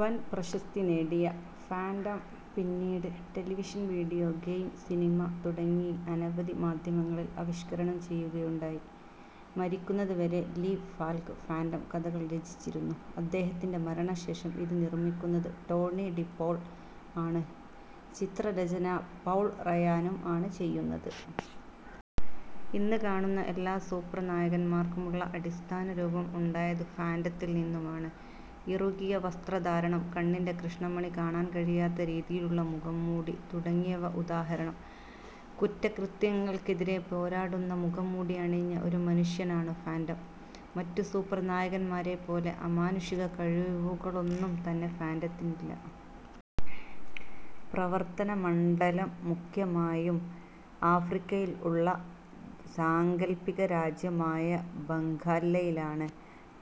വൻ പ്രശസ്തി നേടിയ ഫാൻ്റം പിന്നീട് ടെലിവിഷൻ, വീഡിയോ ഗെയിം, സിനിമ തുടങ്ങി അനവധി മാധ്യമങ്ങളിൽ ആവിഷ്കരണം ചെയ്യുകയുണ്ടായി. മരിക്കുന്നത് വരെ ലീ ഫാൽക് ഫാൻ്റം കഥകൾ രചിച്ചിരുന്നു. അദ്ദേഹത്തിൻ്റെ മരണശേഷം ഇത് നിർമ്മിക്കുന്നത് ടോണി ഡിപൌൾ ആണ്, ചിത്രരചന പൗൾ റയാനും ആണ് ചെയ്യുന്നത്. ഇന്ന് കാണുന്ന എല്ലാ സൂപ്പർ നായകൻമാർക്കും ഉള്ള അടിസ്ഥാന രൂപം ഉണ്ടായത് ഫാൻ്റത്തിൽ നിന്നുമാണ്. ഇറുകിയ വസ്ത്രധാരണം, കണ്ണിൻ്റെ കൃഷ്ണമണി കാണാൻ കഴിയാത്ത രീതിയിലുള്ള മുഖംമൂടി തുടങ്ങിയവ ഉദാഹരണം. കുറ്റകൃത്യങ്ങൾക്കെതിരെ പോരാടുന്ന മുഖംമൂടി അണിഞ്ഞ ഒരു മനുഷ്യനാണ് ഫാൻ്റം. മറ്റു സൂപ്പർ നായകന്മാരെ പോലെ അമാനുഷിക കഴിവുകളൊന്നും തന്നെ ഫാൻ്റത്തിനില്ല. പ്രവർത്തന മണ്ഡലം മുഖ്യമായും ആഫ്രിക്കയിൽ ഉള്ള സാങ്കല്പിക രാജ്യം ആയ ബംഗാല്ലയിൽ ആണ്.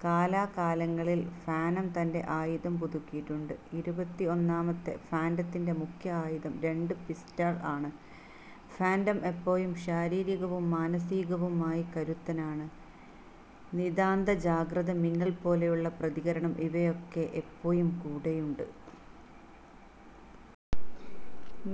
കാല കാലങ്ങളിൽ ഫാനം തൻ്റെ ആയുധം പുതുക്കിയിട്ടുണ്ട് ഇരുപത്തി ഒന്നാമത്തെ ഫാൻ്റത്തിൻ്റെ മുഖ്യ ആയുധം രണ്ട് പിസ്റ്റൾ ആണ്. ഫാൻ്റം എപ്പോഴും ശാരീരികവും മാനസികവുമായി കരുത്തനാണ്, നിദാന്ത ജാഗ്രത, മിന്നൽ പോലെ ഉള്ള പ്രതികരണം ഇവയൊക്കെ എപ്പോഴും കൂടെയുണ്ട്.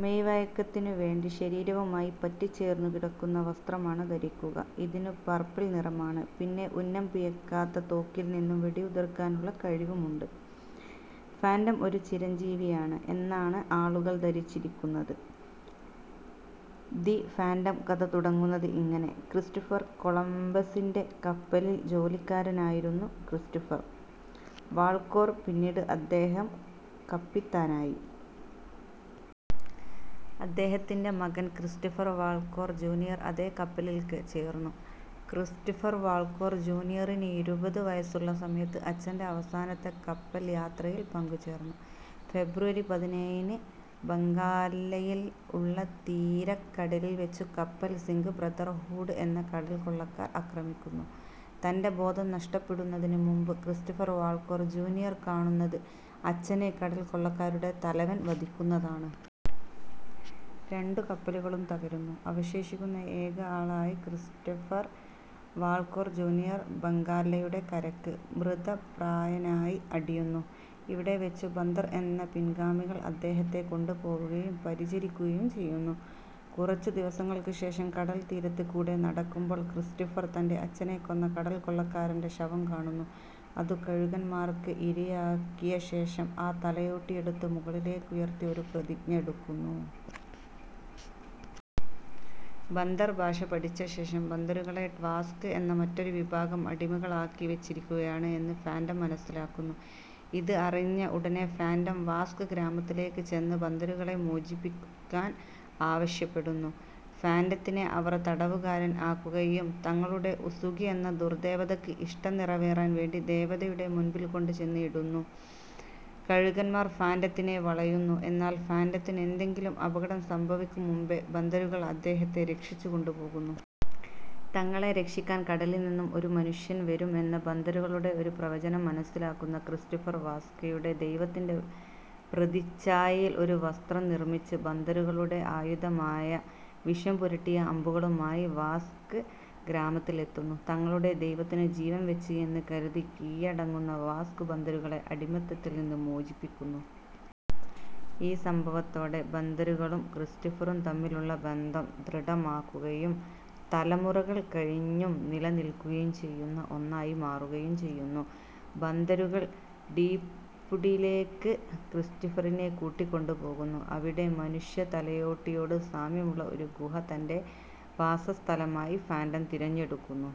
മെയ് വഴക്കത്തിനു വേണ്ടി ശരീരവുമായി പറ്റിച്ചേർന്നു കിടക്കുന്ന വസ്ത്രമാണ് ധരിക്കുക, ഇതിനു പർപിൾ നിറമാണ്. പിന്നെ ഉന്നം പിഴക്കാത്ത തോക്കിൽ നിന്നും വെടി ഉതിർക്കാനുള്ള കഴിവുമുണ്ട്. ഫാൻ്റം ഒരു ചിരഞ്ജീവി ആണ് എന്നാണ് ആളുകൾ ധരിച്ചിരുന്നത്. ദി ഫാൻ്റം കഥ തുടങ്ങുന്നത് ഇങ്ങനെ: ക്രിസ്റ്റഫർ കൊളംബസ്സിൻ്റെ കപ്പലിൽ ജോലിക്കാരൻ ആയിരുന്നു ക്രിസ്റ്റഫർ വാൾകോർ, പിന്നീട് അദ്ദേഹം കപ്പിത്താൻ ആയി. അദ്ദേഹത്തിൻ്റെ മകൻ ക്രിസ്റ്റഫർ വാൾകോർ ജൂനിയർ അതെ കപ്പലിൽ ചേർന്നു. ക്രിസ്റ്റഫർ വാൾകോർ ജൂനിയറിനു ഇരുപതു വയസുള്ള സമയത്ത് അച്ഛൻ്റെ അവസാനത്തെ കപ്പൽ യാത്രയിൽ പങ്കുചേർന്നു. ഫെബ്രുവരി പതിനേഴിന് ബംഗാല്ലയിൽ ഉള്ള തീര കടലിൽ വെച്ചു കപ്പൽ സിംഗ് ബ്രദർഹൂഡ് എന്ന കടൽക്കൊള്ളക്കാർ അക്രമിക്കുന്നു. തൻ്റെ ബോധം നഷ്ടപ്പെടുന്നതിനു മുൻപ് ക്രിസ്റ്റഫർ വാൾകോർ ജൂനിയർ കാണുന്നത് അച്ഛനെ കടൽക്കൊള്ളക്കാരുടെ തലവൻ വധിക്കുന്നത് ആണ്. രണ്ടു കപ്പലുകളും തകരുന്നു, അവശേഷിക്കുന്ന ഏക ആൾ ആയി ക്രിസ്റ്റഫർ വാൾകേർ ജൂനിയർ ബംഗാല്ലയുടെ കരയ്ക്ക് മൃതപ്രായനായി അടിയുന്നു. ഇവിടെ വെച്ചു ബന്ദർ എന്ന പിഗ്മികൾ അദ്ദേഹത്തെ കൊണ്ട് പോകുകയും പരിചരികുകയും ചെയ്യുന്നു. കുറച്ചു ദിവസങ്ങൾക് ശേഷം കടൽ തിരത്ത് കൂടെ നടക്കുമ്പോൾ ക്രിസ്റ്റഫർ തൻ്റെ അച്ഛനെ കൊന്ന കടൽക്കൊള്ളകാരൻ്റെ ശവം കാണുന്നു, അത് കഴുകന്മാർക് ഇരയാക്കിയശേഷം, ആ തലയോട്ടി എടുത്തു മുകളിലേക് ഉയർത്തി ഒരു പ്രതിജ്ഞ എടുക്കുന്നു. ബന്ദർ ഭാഷ പഠിച്ചശേഷം ബന്ദരുകളെ വാസ്ക എന്ന മറ്റൊരു വിഭാഗം, അടിമകൾ ആക്കി വെച്ചിരിക്കുകയാണ് എന്ന് ഫാൻ്റം മനസ്സിലാക്കുന്നു. ഇത് അറിഞ്ഞ ഉടനെ ഫാൻ്റം വാസ്ക ഗ്രാമത്തിലേക് ചെന്ന് ബന്ദരുകളെ മോചിപ്പിക്കാൻ ആവശ്യപ്പെടുന്നു. ഫാൻ്റത്തിനെ അവർ തടവുകാരൻ ആക്കുകയും തങ്ങളുടെ ഉസുകി എന്ന ദുർദേവതക്ക് ഇഷ്ടം നിറവേറാൻ വേണ്ടി ദേവതയുടെ മുൻപിൽ കൊണ്ട് ചെന്ന് ഇടുന്നു, കഴുകന്മാർ ഫാൻ്റത്തിനെ വളയുന്നു എന്നാൽ ഫാൻ്റത്തിനു എന്തെകിലും അപകടം സംഭവിക്കും മുൻപേ ബന്ദരുകൾ അദ്ദേഹത്തെ രക്ഷിച്ചു കൊണ്ട് പോകുന്നു. തങ്ങളെ രക്ഷിക്കാൻ കടലിൽ നിന്നും ഒരു മനുഷ്യൻ വരും എന്ന ബന്ദരുകളുടെ ഒരു പ്രവചനം മനസ്സിലാക്കുന്ന ക്രിസ്റ്റഫർ വാസ്കയുടെ ദൈവത്തിൻ്റെ പ്രതിച്ചായയിൽ ഒരു വസ്ത്രം നിർമിച്ച് ബന്ദരുകളുടെ ആയുധമായ വിഷം പുരട്ടിയ അമ്പുകളുമായി വാസ്ക് ഗ്രാമത്തിൽ എത്തുന്നു. തങ്ങളുടെ ദൈവത്തിനു ജീവൻ വെച്ച് എന്ന് കരുതി കീഴടങ്ങുന്ന വാസ്ക് ബന്ദരുകളെ അടിമത്തത്തിൽ നിന്നും മോചിപ്പിക്കുന്നു. ഈ സംഭവത്തോടെ ബന്ദരുകളും ക്രിസ്റ്റഫറും തമ്മിൽ ഉള്ള ബന്ധം ദൃഢമാക്കുകയും തലമുറകൾ കഴിഞ്ഞും നിലനിൽക്കുകയും ചെയുന്ന ഒന്നായി മാറുകയും ചെയ്യുന്നു. ബന്ദരുകൾ ഡീപുഡിലേക്ക് ക്രിസ്റ്റഫരിനെ കൂട്ടികൊണ്ട് പോകുന്നു. അവിടെ മനുഷ്യ തലയോട്ടിയോട് സാമ്യം ഉള്ള ഒരു ഗുഹ തൻ്റെ വാസസ്ഥലമായി ഫാൻ്റം തിരഞ്ഞെടുക്കുന്നു.